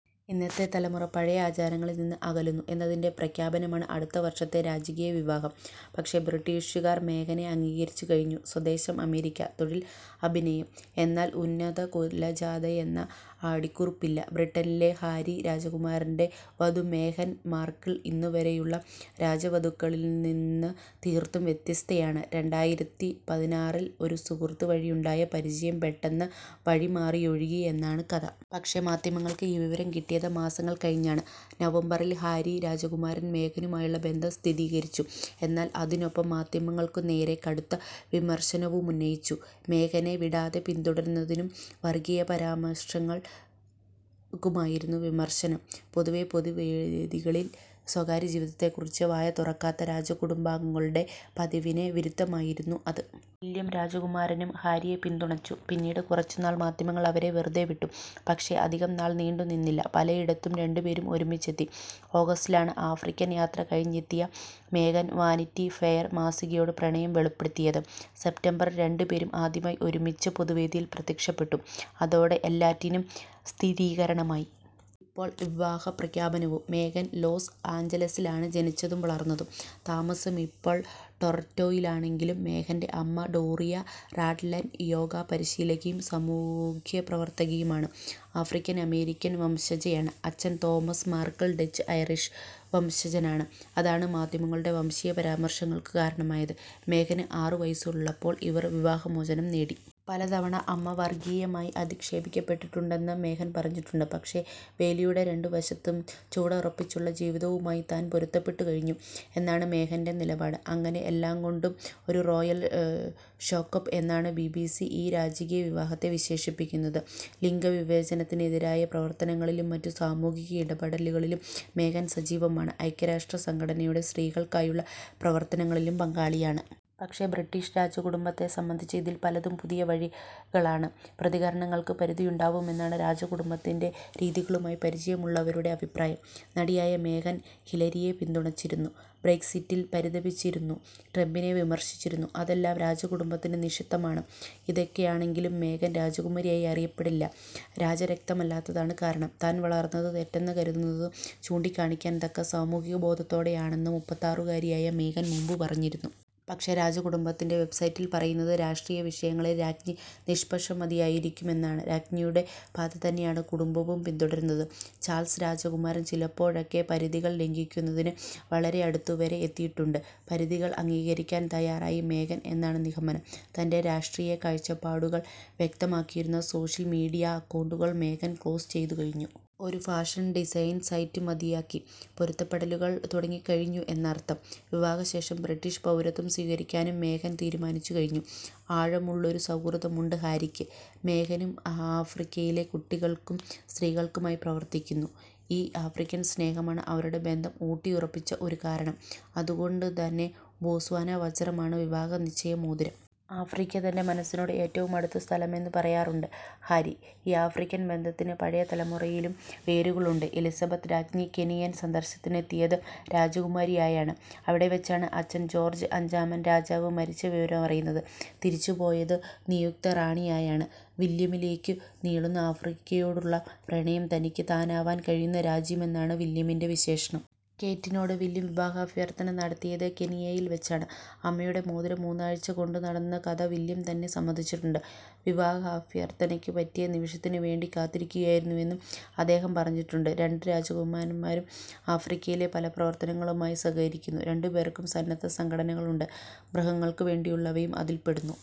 ഇന്നത്തെ തലമുറ പഴയ ആചാരങ്ങളിൽനിന്ന് അകലുന്നു എന്നതിന്റെ പ്രഖ്യാപനമാണ് അടുത്ത വർഷത്തെ രാജകീയ വിവാഹം. പക്ഷേ ബ്രിട്ടീഷുകാർ മേഗനെ അംഗീകരിച്ചുകഴിഞ്ഞു. സ്വദേശം അമേരിക്ക. തൊഴിൽ അഭിനയം. എന്നാൽ ഉന്നതകുലജാതയെന്ന അടിക്കുറിപ്പില്ല. ബ്രിട്ടനിലെ ഹാരി രാജകുമാരന്റെ വധു മേഗൻ മാർക്കിൾ ഇന്നുവരെയുള്ള രാജവധുക്കളിൽനിന്ന് തീർത്തും വ്യത്യസ്തയാണ്. രണ്ടായിരത്തി പതിനാറിൽ ഒരു സുഹൃത്ത് വഴിയുണ്ടായ പരിചയം പെട്ടെന്ന് വഴിമാറിയൊഴുകി എന്നാണ് കഥ. പക്ഷേ മാധ്യമങ്ങൾക്ക് ഈ വിവരം കിട്ടിയത് മാസങ്ങൾ കഴിഞ്ഞാണ്. നവംബറിൽ ഹാരി രാജകുമാരൻ മേഗനുമായുള്ള ബന്ധം സ്ഥിരീകരിച്ചു. എന്നാൽ അതിനൊപ്പം മാധ്യമങ്ങൾക്കുനേരെ കടുത്ത വിമർശനവുമുന്നയിച്ചു. മേഗനെ വിടാതെ പിന്തുടരുന്നതിനും വർഗീയ പരാമർശങ്ങൾക്കുമായിരുന്നു വിമർശനം. പൊതുവേ പൊതുവേദികളിൽ സ്വകാര്യജീവിതത്തെക്കുറിച്ച് വായ തുറക്കാത്ത രാജകുടുംബാംഗങ്ങളുടെ പതിവിന് വിരുദ്ധമായിരുന്നു അത്. വില്യം രാജകുമാരനും ഹാരിയെ പിന്തുണച്ചു. പിന്നീട് കുറച്ചുനാൾ മാധ്യമങ്ങൾ അവരെ വെറുതേവിട്ടു. പക്ഷേ അധികനാൾ നീണ്ടുനിന്നില്ല. പലയിടത്തും രണ്ടുപേരും ഒരുമിച്ചെത്തി. ഓഗസ്റ്റിലാണ് ആഫ്രിക്കൻ യാത്ര കഴിഞ്ഞെത്തിയ മേഗൻ വാനിറ്റി ഫെയർ മാസികയോട് പ്രണയം വെളിപ്പെടുത്തിയത്. സെപ്റ്റംബറിൽ രണ്ടുപേരും ആദ്യമായി ഒരുമിച്ച് പൊതുവേദിയിൽ പ്രത്യക്ഷപ്പെട്ടു. അതോടെ എല്ലാറ്റിനും സ്ഥിരീകരണമായി. ഇപ്പോൾ വിവാഹപ്രഖ്യാപനവും. മേഗൻ ലോസ് ആഞ്ചലസിലാണ് ജനിച്ചതും വളർന്നതും. താമസം ഇപ്പോൾ ടൊറന്റോയിലാണെങ്കിലും മേഗന്റെ അമ്മ ഡോറിയ റാഡ്ലൻ യോഗ പരിശീലകയും സാമൂഹ്യപ്രവർത്തകയുമാണ്. ആഫ്രിക്കൻ അമേരിക്കൻ വംശജയാണ്. അച്ഛൻ തോമസ് മാർക്കിൾ ഡച്ച് ഐറിഷ് വംശജനാണ്. അതാണ് മാധ്യമങ്ങളുടെ വംശീയ പരാമർശങ്ങൾക്ക് കാരണമായത്. മേഗന് ആറ് വയസുള്ളപ്പോൾ ഇവർ വിവാഹമോചനം നേടി. പലതവണ അമ്മ വർഗീയമായി അധിക്ഷേപിക്കപ്പെട്ടിട്ടുണ്ടെന്ന് മേഗൻ പറഞ്ഞിട്ടുണ്ട്. പക്ഷേ വേലിയുടെ രണ്ടുവശത്തും ചുവടുറപ്പിച്ചുള്ള ജീവിതവുമായി താൻ പൊരുത്തപ്പെട്ടുകഴിഞ്ഞു എന്നാണ് മേഗന്റെ നിലപാട്. അങ്ങനെ എല്ലാംകൊണ്ടും ഒരു റോയൽ ഷേക്കപ്പ് എന്നാണ് ബിബിസി ഈ രാജകീയവിവാഹത്തെ വിശേഷിപ്പിക്കുന്നത്. ലിംഗവിവേചനത്തിനെതിരായ പ്രവർത്തനങ്ങളിലും മറ്റ് സാമൂഹ്യ ഇടപെടലുകളിലും മേഗൻ സജീവമാണ്. ഐക്യരാഷ്ട്ര സംഘടനയുടെ സ്ത്രീകൾക്കായുള്ള പ്രവർത്തനങ്ങളിലും പങ്കാളിയാണ്. പക്ഷേ ബ്രിട്ടീഷ് രാജകുടുംബത്തെ സംബന്ധിച്ച് ഇതിൽ പലതും പുതിയ വഴികളാണ്. പ്രതികരണങ്ങൾക്ക് പരിധിയുണ്ടാവും എന്നാണ് രാജകുടുംബത്തിന്റെ രീതികളുമായി പരിചയമുള്ളവരുടെ അഭിപ്രായം. നടിയായ മേഗൻ ഹിലരിയെ പിന്തുണച്ചിരുന്നു. ബ്രെക്സിറ്റിൽ പരിതപിച്ചിരുന്നു. ട്രംപിനെ വിമർശിച്ചിരുന്നു. അതെല്ലാം രാജകുടുംബത്തിന് നിഷിദ്ധമാണ്. ഇതൊക്കെയാണെങ്കിലും മേഗൻ രാജകുമാരിയായി അറിയപ്പെടില്ല. രാജരക്തമല്ലാത്തതാണ് കാരണം. താൻ വളർന്നത് തെറ്റെന്ന് കരുതുന്നത് ചൂണ്ടിക്കാണിക്കാൻ തക്ക സാമൂഹ്യബോധത്തോടെയാണെന്ന് മുപ്പത്തിയാറുകാരിയായ മേഗൻ മുമ്പ് പറഞ്ഞിരുന്നു. പക്ഷേ രാജകുടുംബത്തിന്റെ വെബ്സൈറ്റിൽ പറയുന്നത് രാഷ്ട്രീയവിഷയങ്ങളിൽ രാജ്ഞി നിഷ്പക്ഷമതിയായിരിക്കും എന്നാണ്. രാജ്ഞിയുടെ പാതതന്നെയാണ് കുടുംബവും പിന്തുടരുന്നത്. ചാൾസ് രാജകുമാരൻ ചിലപ്പോഴൊക്കെ പരിധികൾ ലംഘിക്കുന്നതിന് വളരെയടുത്തുവരെ എത്തിയിട്ടുണ്ട്. പരിധികൾ അംഗീകരിക്കാൻ തയ്യാറായി മേഗൻ എന്നാണ് നിഗമനം. തന്റെ രാഷ്ട്രീയകാഴ്ചപ്പാടുകൾ വ്യക്തമാക്കിയിരുന്ന സോഷ്യൽ മീഡിയ അക്കൗണ്ടുകൾ മേഗൻ ക്ലോസ് ചെയ്തു കഴിഞ്ഞു. ഒരു ഫാഷൻ ഡിസൈൻ സൈറ്റും മതിയാക്കി. പൊരുത്തപ്പെടലുകൾ തുടങ്ങിക്കഴിഞ്ഞു എന്നർത്ഥം. വിവാഹശേഷം ബ്രിട്ടീഷ് പൗരത്വം സ്വീകരിക്കാനും മേഗൻ തീരുമാനിച്ചുകഴിഞ്ഞു. ആഴമുള്ളൊരു സൗഹൃദമുണ്ട് ഹാരിക്ക്. മേഗനും ആഫ്രിക്കയിലെ കുട്ടികൾക്കും സ്ത്രീകൾക്കുമായി പ്രവർത്തിക്കുന്നു. ഈ ആഫ്രിക്കൻ സ്നേഹമാണ് അവരുടെ ബന്ധം ഊട്ടിയുറപ്പിച്ച ഒരു കാരണം. അതുകൊണ്ടുതന്നെ ബോസ്വാന വജ്രമാണ് വിവാഹനിശ്ചയമോതിരം. ആഫ്രിക്ക തന്റെ മനസ്സിനോട് ഏറ്റവും അടുത്ത സ്ഥലമെന്ന് പറയാറുണ്ട് ഹാരി.ഈ ആഫ്രിക്കൻ ബന്ധത്തിന് പഴയ തലമുറയിലും വേരുകളുണ്ട്. എലിസബത്ത് രാജ്ഞി കെനിയൻ സന്ദർശനത്തിനെത്തിയത് രാജകുമാരിയായാണ്. അവിടെവച്ചാണ് അച്ഛൻ ജോർജ് അഞ്ചാമൻ രാജാവ് മരിച്ച വിവരമറിയുന്നത്. തിരിച്ചുപോയത് നിയുക്ത റാണിയായാണ്. വില്യമിലേക്കും നീളുന്നു ആഫ്രിക്കയോടുള്ള പ്രണയം. തനിക്ക് താനാവാൻ കഴിയുന്ന രാജ്യമെന്നാണ് വില്യമിന്റെ വിശേഷണം. കേറ്റിനോട് വില്യം വിവാഹാഭ്യർഥന നടത്തിയത് കെനിയയിൽവച്ചാണ്. അമ്മയുടെ മോതിരം മൂന്നാഴ്ച കൊണ്ടുനടന്ന കഥ വില്യം തന്നെ സമ്മതിച്ചിട്ടുണ്ട്. വിവാഹാഭ്യർഥനയ്ക്ക് പറ്റിയ നിമിഷത്തിനുവേണ്ടി കാത്തിരിക്കുകയായിരുന്നുവെന്നും അദ്ദേഹം പറഞ്ഞിട്ടുണ്ട്. രണ്ട് രാജകുമാരന്മാരും ആഫ്രിക്കയിലെ പല പ്രവർത്തനങ്ങളുമായി സഹകരിക്കുന്നു. രണ്ടുപേർക്കും സന്നദ്ധ സംഘടനകളുണ്ട്. മൃഗങ്ങൾക്കുവേണ്ടിയുള്ളവയും അതിൽപ്പെടുന്നു.